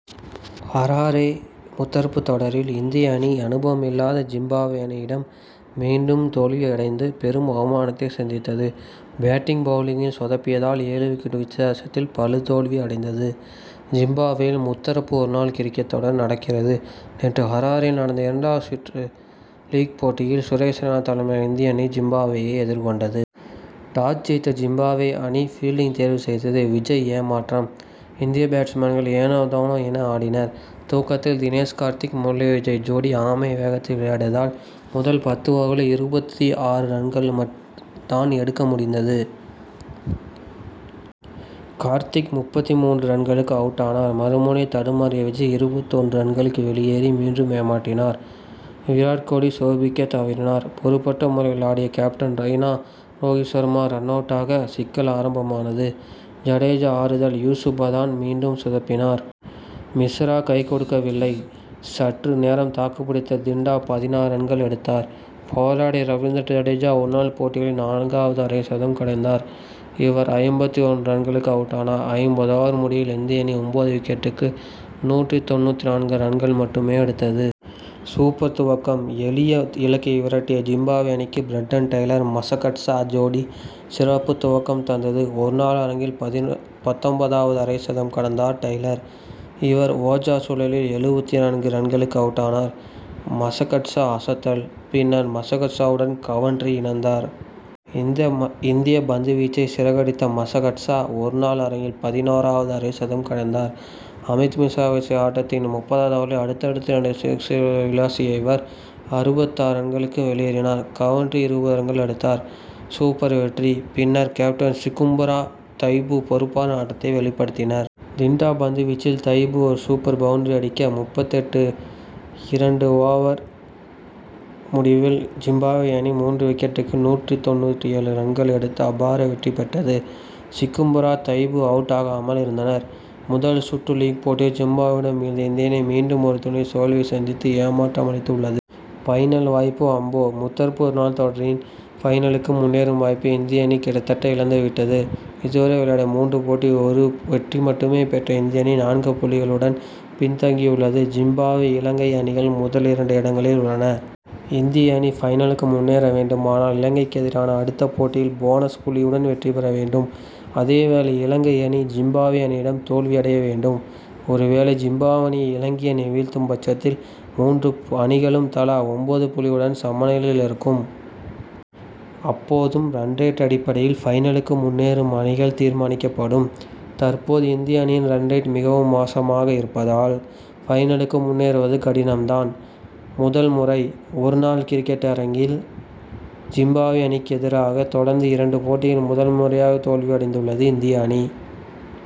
Harare முத்தரப்பு தொடரில் இந்திய அணி அனுபவம்இல்லாத ஜிம்பாப்வே அணியிடம் மீண்டும் தோல்வி அடைந்து, பெரும் அவமானத்தை சந்தித்தது. பேட்டிங், பவுலிங்கில் சொதப்பியதால் ஏழு விக்கெட் வித்தியாசத்தில் படுதோல்வி அடைந்தது. ஜிம்பாப்வேயில் முத்தரப்பு ஒரு நாள் கிரிக்கெட் தொடர் நடக்கிறது. நேற்று ஹராரேயில் நடந்த இரண்டாவது சுற்று லீக் போட்டியில் சுரேஷ் ரெய்னா தலைமையிலான இந்திய அணி, ஜிம்பாப் வேயை எதிர்கொண்டது. டாஸ்' ஜெயித்த ஜிம்பாப்வே அணி, பீல்டிங் தேர்வு செய்தது. விஜய் ஏமாற்றம்: இந்திய பேட்ஸ் மேன்கள் ஏனோதானோ என ஆடினர். துவக்கத்தில் தினேஷ் கார்த்திக், முரளி விஜய் ஜோடி ஆமை வேகத்தில் விளையாடியதால், முதல் பத்து ஓவர்களில் இருபத்து ஆறு ரன்கள் தான் எடுக்க முடிந்தது. கார்த்திக் முப்பத்து மூன்று ரன்களுக்கு அவுட்டானார். மறுமுனையில் தடுமாறிய விஜய், இருபத்து ஒன்று ரன்களுக்கு வெளியேறி, மீண்டும் ஏமாற்றினார். விராத் கோஹ்லி சோபிக்க தவறினார். பொறுப்பற்ற முறையில் ஆடிய கேப்டன் ரெய்னா, ரோகித் சர்மா ரன்-அவுட்டாக, சிக்கல் ஆரம்பமானது. ஜடேஜா ஆறுதல்: யூசுப் பதான், மீண்டும் சொதப்பினார். மிஸ்ரா, கைகொடுக்கவில்லை. சற்று நேரம் தாக்குப் பிடித்த டின்டா பதினாறு ரன்கள் எடுத்தார். போராடிய ரவிந்திர ஜடேஜா, ஒரு நாள் போட்டிகளில் நான்கு வது அரை சதம் கடந்தார். இவர் ஐம்பத்து ஒன்று ரன்களுக்கு அவுட்டானார். ஐம்பது ஓவர் முடிவில் இந்திய அணி ஒன்பது விக்கெட்டுக்கு நூற்று தொண்ணூற்று நான்கு ரன்கள் மட்டும் எடுத்தது. சூப்பர் துவக்கம்: எளிய இலக்கை விரட்டிய ஜிம்பாப்வே அணிக்கு, பிரண்டன் டெய்லர், மசகட்சா ஜோடி சூப்பர் துவக்கம் தந்தது. ஒரு நாள் அரங்கில் பத்தொன்பதாவது அரை சதம் கடந்தார் டெய்லர். இவர், ஓஜா சுழலில் எழுபத்து நான்கு ரன்களுக்கு அவுட்டானார். மசகட்சா அசத்தல்: பின் மசகட்சாவுடன், கவன்ட்ரி இணைந்தார். இந்திய பந்துவீச்சை சிதறடித்த மசகட்சா, ஒரு நாள் அரங்கில் பதினாறாவது அரை சதம் கடந்தார். அமித் மிஸ்ரா வீசிய ஆட்டத்தின் முப்பதாவது ஓவரில் அடுத்தடுத்து இரண்டு சிக்சர்களை விளாசிய இவர், அறுபத்து ஆறு ரன்களுக்கு வெளியேறினார். கவன்ட்ரி இருபது ரன்கள் எடுத்தார். சூப்பர் வெற்றி: பின்னர் கேப்டன் சிகும்பரா, தைபு பொறுப்பான ஆட்டத்தை வெளிப்படுத்தினர். டின்டா பந்து வீச்சில் தைபு ஒரு சூப்பர் பவுண்டரி அடிக்க, முப்பத்தெட்டு. இரண்டு ஓவர் முடிவில் ஜிம்பாப்வே அணி மூன்று விக்கெட்டுக்கு நூற்று தொண்ணூற்று ஏழு ரன்கள் எடுத்து அபார வெற்றி பெற்றது. சிகும்பரா, தைபு அவுட்டாகாமல் இருந்தனர். முதல் சுற்று லீக் போட்டியில் ஜிம்பாப்வேயிடம் வீழ்ந்த இந்திய அணி, மீண்டும் ஒரு தோல்வியை சந்தித்து மிகுந்த ஏமாற்றம் அளித்து உள்ளது. பைனல் வாய்ப்பு அம்போ? முத்தரப்பு ஒருநாள் தொடரின் பைனலுக்கு முன்னேறும் வாய்ப்பை, இந்திய அணி கிட்டத்தட்ட இழந்து விட்டது. இதுவரை விளையாடிய மூன்று போட்டியில், ஒரு வெற்றி மட்டுமே பெற்ற இந்திய அணி நான்கு புள்ளிகளுடன் பின்தங்கியுள்ளது. ஜிம்பாப்வே, இலங்கை அணிகள் முதலிரண்டு இடங்களில் உள்ளன. இந்திய அணி பைனலுக்கு முன்னேற வேண்டுமானால், இலங்கை அணிக்கு எதிரான அடுத்த போட்டியில் போனஸ்' புள்ளியுடன் வெற்றி பெற வேண்டும். அதேவேளையில் இலங்கை அணி, ஜிம்பாப்வே அணியிடம் தோல்வியடைய வேண்டும். ஒருவேளை ஜிம்பாப்வே அணியை, இலங்கை அணி வீழ்த்தும் பட்சத்தில், மூன்று அணிகளும் தலா ஒன்பது புள்ளிகளுடன் சமநிலையில் இருக்கும். அப்போது ரன் ரேட் அடிப்படையில் பைனலுக்கு முன்னேறும் அணிகள் தீர்மானிக்கப்படும். தற்போது இந்திய அணியின் ரன் ரேட் மிகவும் மோசமாக இருப்பதால், பைனலுக்கு முன்னேறுவது கடினம் தான். முதல் முறை: ஒரு நாள் கிரிக்கெட் அரங்கில் ஜிம்பாப்வே அணிக்கு எதிராக தொடர்ந்து இரண்டு போட்டிகளில் முதல் முறையாக தோல்வி அடைந்துள்ளது இந்திய அணி.